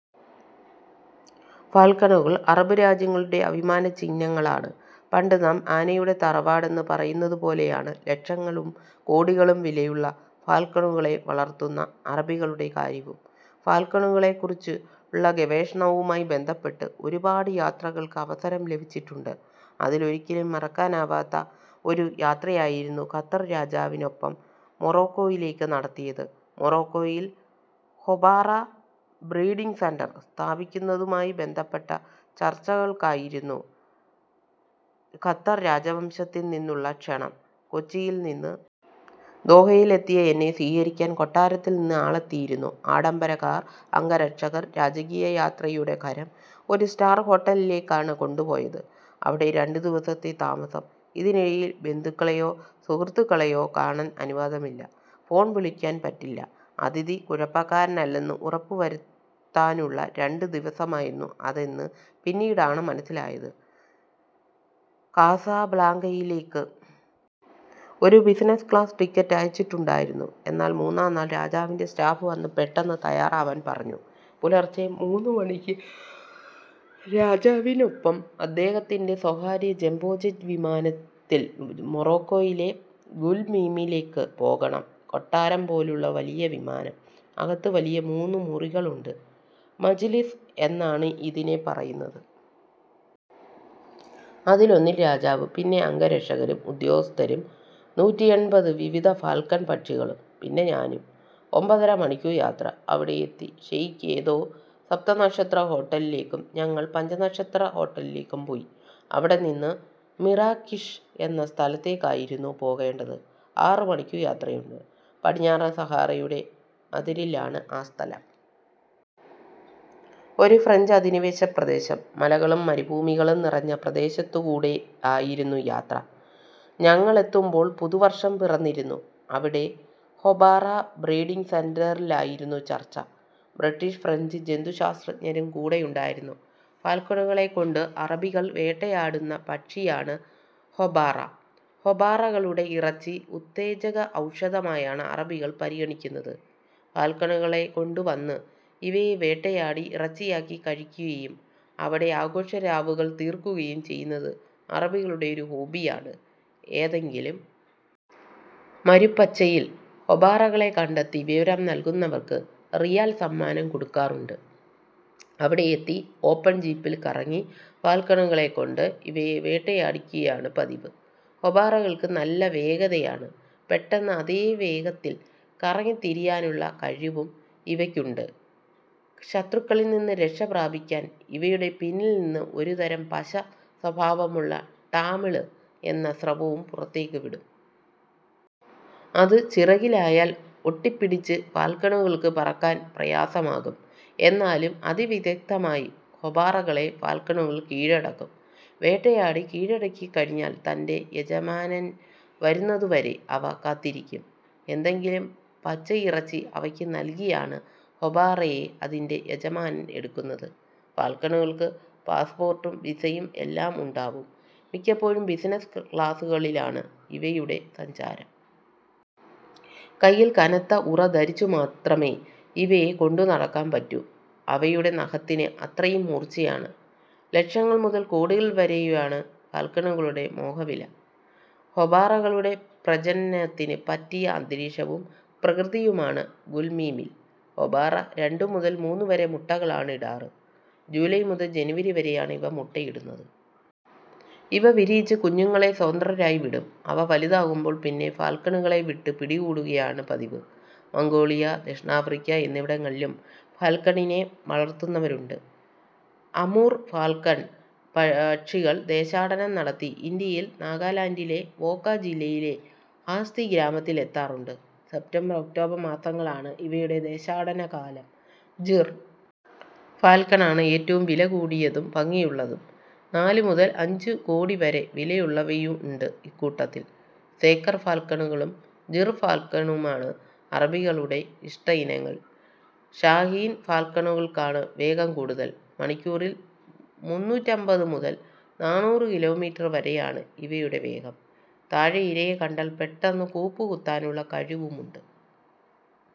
ഫാൽക്കണുകൾ അറബ് രാജ്യങ്ങളുടെ അഭിമാനചിഹ്നങ്ങളാണ്. പണ്ട് നാം ആനയുള്ള തറവാടെന്ന് പറയുന്നതുപോലെയാണ് ലക്ഷങ്ങളും കോടികളും വിലയുള്ള ഫാൽക്കണുകളെ വളർത്തുന്ന അറബികളുടെ കാര്യവും. ഫാൽക്കണുകളെക്കുറിച്ചുള്ള ഗവേഷണവുമായി ബന്ധപ്പെട്ട് ഒരുപാട് യാത്രകൾക്ക് അവസരം ലഭിച്ചിട്ടുണ്ട്. അതിൽ ഒരിക്കലും മറക്കാനാവാത്ത ഒരു യാത്രയായിരുന്നു ഖത്തർ രാജാവിനൊപ്പം മൊറോക്കോയിലേക്ക് നടത്തിയത്. മൊറോക്കോയിൽ ഹൊബാറ ബ്രീഡിങ് സെന്റർ സ്ഥാപിക്കുന്നതുമായി ബന്ധപ്പെട്ട ചർച്ചകൾക്കായിരുന്നു ഖത്തർ രാജവംശത്തിൽനിന്നുള്ള ക്ഷണം. കൊച്ചിയിൽനിന്ന് ദോഹയിലെത്തിയ എന്നെ സ്വീകരിക്കാൻ കൊട്ടാരത്തിൽനിന്ന് ആളെത്തിയിരുന്നു. ആഡംബര കാർ, അംഗരക്ഷകർ, രാജകീയ യാത്രയുടെ ഹരം. ഒരു സ്റ്റാർ ഹോട്ടലിലേക്കാണ് കൊണ്ടുപോയത്. അവിടെ രണ്ടുദിവസത്തെ താമസം. ഇതിനിടയിൽ ബന്ധുക്കളെയോ സുഹൃത്തുക്കളെയോ കാണാൻ അനുവാദമില്ല. ഫോൺ വിളിക്കാൻ പറ്റില്ല. അതിഥി കുഴപ്പക്കാരനല്ലെന്ന് ഉറപ്പുവരുത്താനുള്ള രണ്ട് ദിവസമായിരുന്നു അതെന്ന് പിന്നീടാണ് മനസ്സിലായത്. കാസാബ്ലാങ്കയിലേക്ക് ഒരു ബിസിനസ് ക്ലാസ് ടിക്കറ്റ് അയച്ചിട്ടുണ്ടായിരുന്നു. എന്നാൽ മൂന്നാംനാൾ രാജാവിൻ്റെ സ്റ്റാഫ് വന്ന് പെട്ടെന്ന് തയ്യാറാവാൻ പറഞ്ഞു. പുലർച്ചെ മൂന്നുമണിക്ക് രാജാവിനൊപ്പം അദ്ദേഹത്തിൻ്റെ സ്വകാര്യ ജംബോ ജെറ്റ് വിമാനത്തിൽ മൊറോക്കോയിലെ ഗുൽമീമിലേക്ക് പോകണം. കൊട്ടാരം പോലുള്ള വലിയ വിമാനം. അകത്ത് വലിയ മൂന്ന് മുറികളുണ്ട്. മജ്ലിസ് എന്നാണ് ഇതിനെ പറയുന്നത്. അതിലൊന്നിൽ രാജാവ്. പിന്നെ അംഗരക്ഷകരും ഉദ്യോഗസ്ഥരും നൂറ്റിയെൺപത് വിവിധ ഫാൽക്കൺ പക്ഷികളും പിന്നെ ഞാനും. ഒമ്പതര മണിക്കൂർ യാത്ര. അവിടെയെത്തി. ഷെയ്ഖ് ഏതോ സപ്തനക്ഷത്ര ഹോട്ടലിലേക്കും ഞങ്ങൾ പഞ്ചനക്ഷത്ര ഹോട്ടലിലേക്കും പോയി. അവിടെനിന്ന് മിറാക്കിഷ് എന്ന സ്ഥലത്തേക്കായിരുന്നു പോകേണ്ടത്. ആറുമണിക്കൂർ യാത്രയുണ്ട്. പടിഞ്ഞാറൻ സഹാറയുടെ അതിരിലാണ് ആ സ്ഥലം. ഒരു ഫ്രഞ്ച് അധിനിവേശ പ്രദേശം. മലകളും മരുഭൂമികളും നിറഞ്ഞ പ്രദേശത്തുകൂടെയായിരുന്നു യാത്ര. ഞങ്ങളെത്തുമ്പോൾ പുതുവർഷം പിറന്നിരുന്നു. അവിടെ ഹൊബാറ ബ്രീഡിങ് സെന്ററിലായിരുന്നു ചർച്ച. British, French ജന്തുശാസ്ത്രജ്ഞരും കൂടെയുണ്ടായിരുന്നു. ഫാൽക്കണുകളെക്കൊണ്ട് അറബികൾ വേട്ടയാടുന്ന പക്ഷിയാണ് ഹൊബാറ. ഹൊബാറകളുടെ ഇറച്ചി ഉത്തേജക ഔഷധമായാണ് അറബികൾ പരിഗണിക്കുന്നത്. ഫാൽക്കണുകളെ കൊണ്ടുവന്ന് ഇവയെ വേട്ടയാടി ഇറച്ചിയാക്കി കഴിക്കുകയും അവിടെ ആഘോഷരാവുകൾ തീർക്കുകയും ചെയ്യുന്നത് അറബികളുടെ ഒരു ഹോബിയാണ്. ഏതെങ്കിലും മരുപ്പച്ചയിൽ ഹൊബാറകളെ കണ്ടെത്തി വിവരം നൽകുന്നവർക്ക് റിയാൽ സമ്മാനം കൊടുക്കാറുണ്ട്. അവിടെയെത്തി ഓപ്പൺ ജീപ്പിൽ കറങ്ങി ഫാൽക്കണുകളെക്കൊണ്ട് ഇവയെ വേട്ടയാടിക്കുകയാണ് പതിവ്. ഹൊബാറകൾക്ക് നല്ല വേഗതയാണ്. പെട്ടെന്ന് അതേ വേഗത്തിൽ കറങ്ങിത്തിരിയാനുള്ള കഴിവും ഇവയ്ക്കുണ്ട്. ശത്രുക്കളിൽനിന്ന് രക്ഷപ്രാപിക്കാൻ ഇവയുടെ പിന്നിൽനിന്ന് ഒരുതരം പശ സ്വഭാവമുള്ള ടാമിള് എന്ന സ്രവവും പുറത്തേക്ക് വിടും. അത് ചിറകിലായാൽ ഒട്ടിപ്പിടിച്ച് ഫാൽക്കണുകൾക്ക് പറക്കാൻ പ്രയാസമാകും. എന്നാലും അതിവിദഗ്ധമായി ഹൊബാറകളെ ഫാൽക്കണുകൾ കീഴടക്കും. വേട്ടയാടി കീഴടക്കിക്കഴിഞ്ഞാൽ തൻ്റെ യജമാനൻ വരുന്നതുവരെ അവ കാത്തിരിക്കും. എന്തെങ്കിലും പച്ചയിറച്ചി അവയ്ക്ക് നൽകിയാണ് ഹൊബാറയെ അതിൻ്റെ യജമാനൻ എടുക്കുന്നത്. ഫാൽക്കണുകൾക്ക് പാസ്‌പോർട്ടും വിസയും എല്ലാം ഉണ്ടാവും. മിക്കപ്പോഴും ബിസിനസ് ക്ലാസുകളിലാണ് ഇവയുടെ സഞ്ചാരം. കയ്യിൽ കനത്ത ഉറ ധരിച്ചുമാത്രമേ ഇവയെ കൊണ്ടുനടക്കാൻ പറ്റൂ. അവയുടെ നഖത്തിന് അത്രയും മൂർച്ചയാണ്. ലക്ഷങ്ങൾ മുതൽ കോടികൾ വരെയാണ് ഫാൽക്കണുകളുടെ മോഹവില. ഹൊബാറകളുടെ പ്രജനനത്തിന് പറ്റിയ അന്തരീക്ഷവും പ്രകൃതിയുമാണ് ഗുൽമീമിൽ. ഹൊബാറ രണ്ട് മുതൽ മൂന്നുവരെ മുട്ടകളാണ് ഇടാറ്. ജൂലൈ മുതൽ ജനുവരി വരെയാണ് ഇവ മുട്ടയിടുന്നത്. ഇവ വിരിയിച്ച് കുഞ്ഞുങ്ങളെ സ്വതന്ത്രരായി വിടും. അവ വലുതാകുമ്പോൾ പിന്നെ ഫാൽക്കണുകളെ വിട്ട് പിടികൂടുകയാണ് പതിവ്. മംഗോളിയ, ദക്ഷിണാഫ്രിക്ക എന്നിവിടങ്ങളിലും ഫാൽക്കണിനെ വളർത്തുന്നവരുണ്ട്. അമൂർ ഫാൽക്കൺ പക്ഷികൾ ദേശാടനം നടത്തി ഇന്ത്യയിൽ നാഗാലാൻഡിലെ വോക്ക ജില്ലയിലെ ഹാന്ഥി ഗ്രാമത്തിൽ എത്താറുണ്ട്. സെപ്റ്റംബർ, ഒക്ടോബർ മാസങ്ങളാണ് ഇവയുടെ ദേശാടനകാലം. ജിർ ഫാൽക്കൺ ആണ് ഏറ്റവും വിലകൂടിയതും ഭംഗിയുള്ളതും. നാല് മുതൽ അഞ്ച് കോടി വരെ വിലയുള്ളവയുണ്ട് ഇക്കൂട്ടത്തിൽ. സേക്കർ ഫാൽക്കണുകളും ജിർ ഫാൽക്കണുകളുമാണ് അറബികളുടെ ഇഷ്ടയിനങ്ങൾ. ഷാഹീൻ ഫാൽക്കണുകൾക്കാണ് വേഗം കൂടുതൽ. മണിക്കൂറിൽ മുന്നൂറ്റമ്പത് മുതൽ നാനൂറ് കിലോമീറ്റർ വരെയാണ് ഇവയുടെ വേഗം. താഴെ ഇരയെ കണ്ടാൽ പെട്ടെന്ന് കൂപ്പുകുത്താനുള്ള കഴിവുമുണ്ട്.